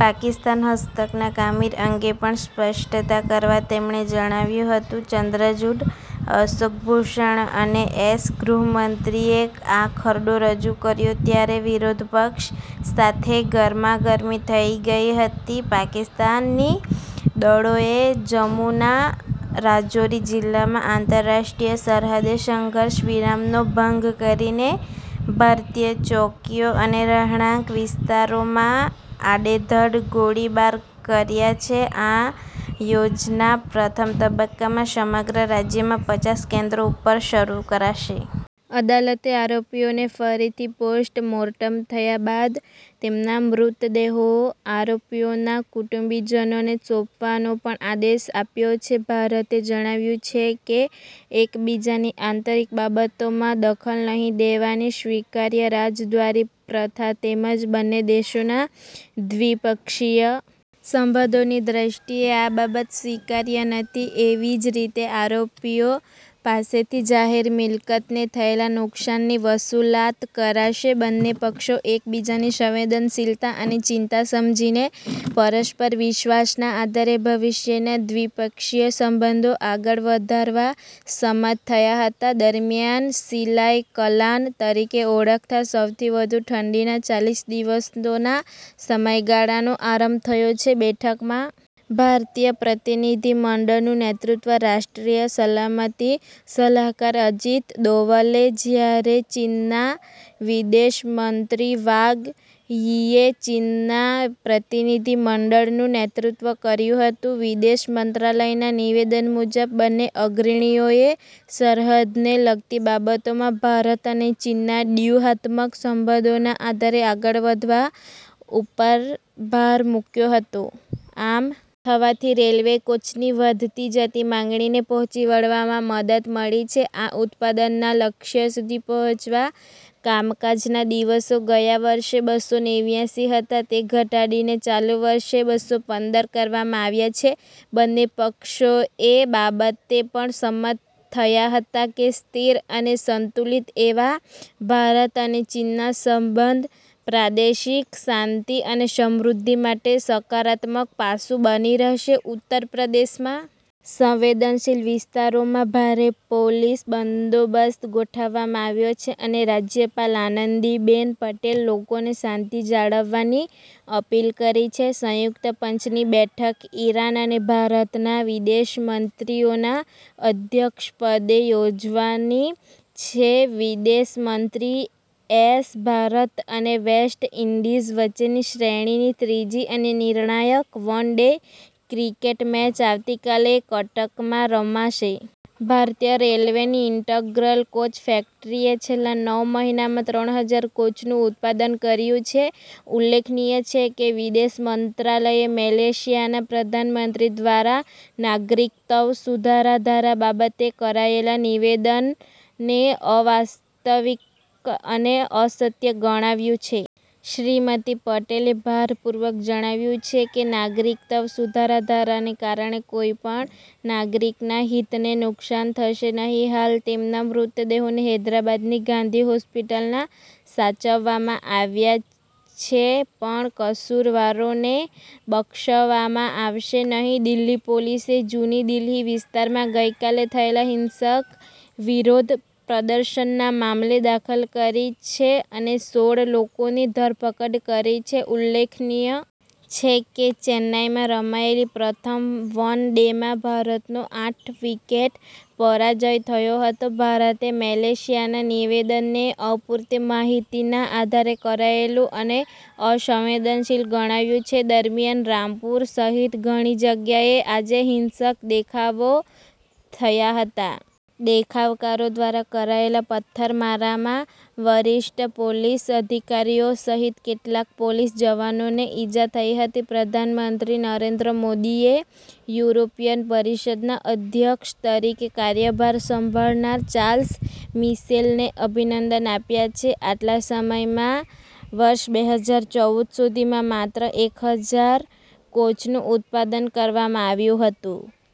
પાકિસ્તાન હસ્તકના કામીર અંગે પણ સ્પષ્ટતા કરવા તેમણે જણાવ્યું હતું ચંદ્રચુડ અશોક ભૂષણ અને એસ ગૃહમંત્રીએ આ ખરડો રજૂ કર્યો ત્યારે વિરોધપક્ષ સાથે ગરમાગરમી થઇ ગઇ હતી. પાકિસ્તાની દળોએ જમુના રાજૌરી જિલ્લામાં આંતરરાષ્ટ્રીય સરહદે સંઘર્ષ વિરામનો ભંગ કરીને ભારતીય ચોકીઓ અને રહેણાંક વિસ્તારોમાં આડેધડ ગોળીબાર કર્યો છે આ યોજના પ્રથમ તબક્કામાં સમગ્ર રાજ્યમાં પચાસ કેન્દ્રો ઉપર શરૂ કરાશે. અદાલતે આરોપીઓને ફરીથી પોસ્ટ મોર્ટમ થયા બાદ તેમના મૃતદેહો આરોપીઓના કુટુંબીજનોને સોંપવાનો પણ આદેશ આપ્યો છે. ભારતે જણાવ્યું છે કે એકબીજાની આંતરિક બાબતોમાં દખલ નહીં દેવાની સ્વીકાર્ય રાજદ્વારી પ્રથા તેમજ બંને દેશોના દ્વિપક્ષીય સંબંધોની દ્રષ્ટિએ આ બાબત સ્વીકાર્ય નથી એવી જ રીતે આરોપીઓ પાસેથી જાહેર મિલકતને થયેલા નુકસાનની વસૂલાત કરાશે બંને પક્ષો એકબીજાની સંવેદનશીલતા અને ચિંતા સમજીને પરસ્પર વિશ્વાસના આધારે ભવિષ્યના દ્વિપક્ષીય સંબંધો આગળ વધારવા સંમત થયા હતા દરમ્યાન સિલાઇ કલાન તરીકે ઓળખાતા સૌથી વધુ ઠંડીના ચાલીસ દિવસોના સમયગાળાનો આરંભ થયો છે .બેઠકમાં ભારતીય પ્રતિનિધિમંડળનું નેતૃત્વ રાષ્ટ્રીય સલામતી સલાહકાર અજીત દોવલે જ્યારે ચીનના વિદેશમંત્રી વાંગ યીએ ચીનના પ્રતિનિધિમંડળનું નેતૃત્વ કર્યું હતું .વિદેશ મંત્રાલયના નિવેદન મુજબ બંને અગ્રણીઓએ સરહદને લગતી બાબતમાં ભારત અને ચીનના ડ્યૂહાત્મક સંબંધોના આધારે આગળ વધવા ઉપર ભાર મૂક્યો હતો .આમ થવાથી રેલવે કોચની વધતી જતી માંગણીને પહોંચી વળવામાં મદદ મળી છે. આ ઉત્પાદનના લક્ષ્ય સુધી પહોંચવા કામકાજના દિવસો ગયા વર્ષે બસ્સો નેવ્યાસી હતા તે ઘટાડીને ચાલુ વર્ષે બસ્સો પંદર કરવામાં આવ્યા છે. બંને પક્ષો એ બાબતે પણ સંમત થયા હતા કે સ્થિર અને સંતુલિત એવા ભારત અને ચીનના સંબંધ પ્રાદેશિક શાંતિ અને સમૃદ્ધિ માટે સકારાત્મક પાસુ બની રહેશે .ઉત્તરપ્રદેશમાં સંવેદનશીલ વિસ્તારોમાં ભારે પોલીસ બંદોબસ્ત ગોઠવવામાં આવ્યો છે. અને રાજ્યપાલ આનંદીબેન પટેલે લોકોને શાંતિ જાળવવાની અપીલ કરી છે સંયુક્ત પંચની બેઠક ઇરાન અને ભારતના વિદેશમંત્રીઓના અધ્યક્ષપદે યોજાવાની છે .વિદેશમંત્રી એસ ભારત અને વેસ્ટઇન્ડિઝ વચ્ચેની શ્રેણીની ત્રીજી અને નિર્ણાયક વન ડે ક્રિકેટ મેચ આવતીકાલે કટકમાં રમાશે. ભારતીય રેલવેની ઇન્ટગ્રલ કોચ ફેક્ટરીએ છેલ્લા નવ મહિનામાં ત્રણ હજાર કોચનું ઉત્પાદન કર્યું છે ઉલ્લેખનીય છે કે વિદેશ મંત્રાલયે મલેશિયાના પ્રધાનમંત્રી દ્વારા નાગરિકત્વ સુધારા ધારા બાબતે કરાયેલા નિવેદનને અવાસ્તવિક અને અસત્ય ગણાવ્યું છે. શ્રીમતી પટેલે ભારપૂર્વક જણાવ્યું છે કે નાગરિકત્વ સુધારા ધારાને કારણે કોઇ પણ નાગરિકના હિતને નુકસાન થશે નહીં હાલ તેમના મૃતદેહોને હૈદરાબાદની ગાંધી હોસ્પિટલના સાચવવામાં આવ્યા છે પણ કસૂરવારોને બક્ષવામાં આવશે નહીં દિલ્હી પોલીસે જુની દિલ્હી વિસ્તારમાં ગઇકાલે થયેલા હિંસક વિરોધ પ્રદર્શનના મામલે દાખલ કરી છે અને સોળ લોકોની ધરપકડ કરી છે .ઉલ્લેખનીય છે કે ચેન્નાઇમાં રમાયેલી પ્રથમ વનડેમાં ભારતનો આઠ વિકેટે પરાજય થયો હતો ભારતે મલેશિયાના નિવેદનને અપૂરતી માહિતીના આધારે કરાયેલું અને અસંવેદનશીલ ગણાવ્યું છે .દરમ્યાન રામપુર સહિત ઘણી જગ્યાએ આજે હિંસક દેખાવો થયા હતા દેખાવકારો દ્વારા કરાયેલા પથ્થરમારામાં વરિષ્ઠ પોલીસ અધિકારીઓ સહીત કેટલાક પોલીસ જવાનોને ઇજા થઇ હતી પ્રધાનમંત્રી નરેન્દ્ર મોદીએ યુરોપિયન પરિષદના અધ્યક્ષ તરીકે કાર્યભાર સંભાળનાર ચાર્લ્સ મિશેલને અભિનંદન આપ્યા છે આટલા સમયમાં વર્ષ બે હજાર ચૌદ સુધીમાં માત્ર એક હજાર કોચનું ઉત્પાદન કરવામાં આવ્યું હતું.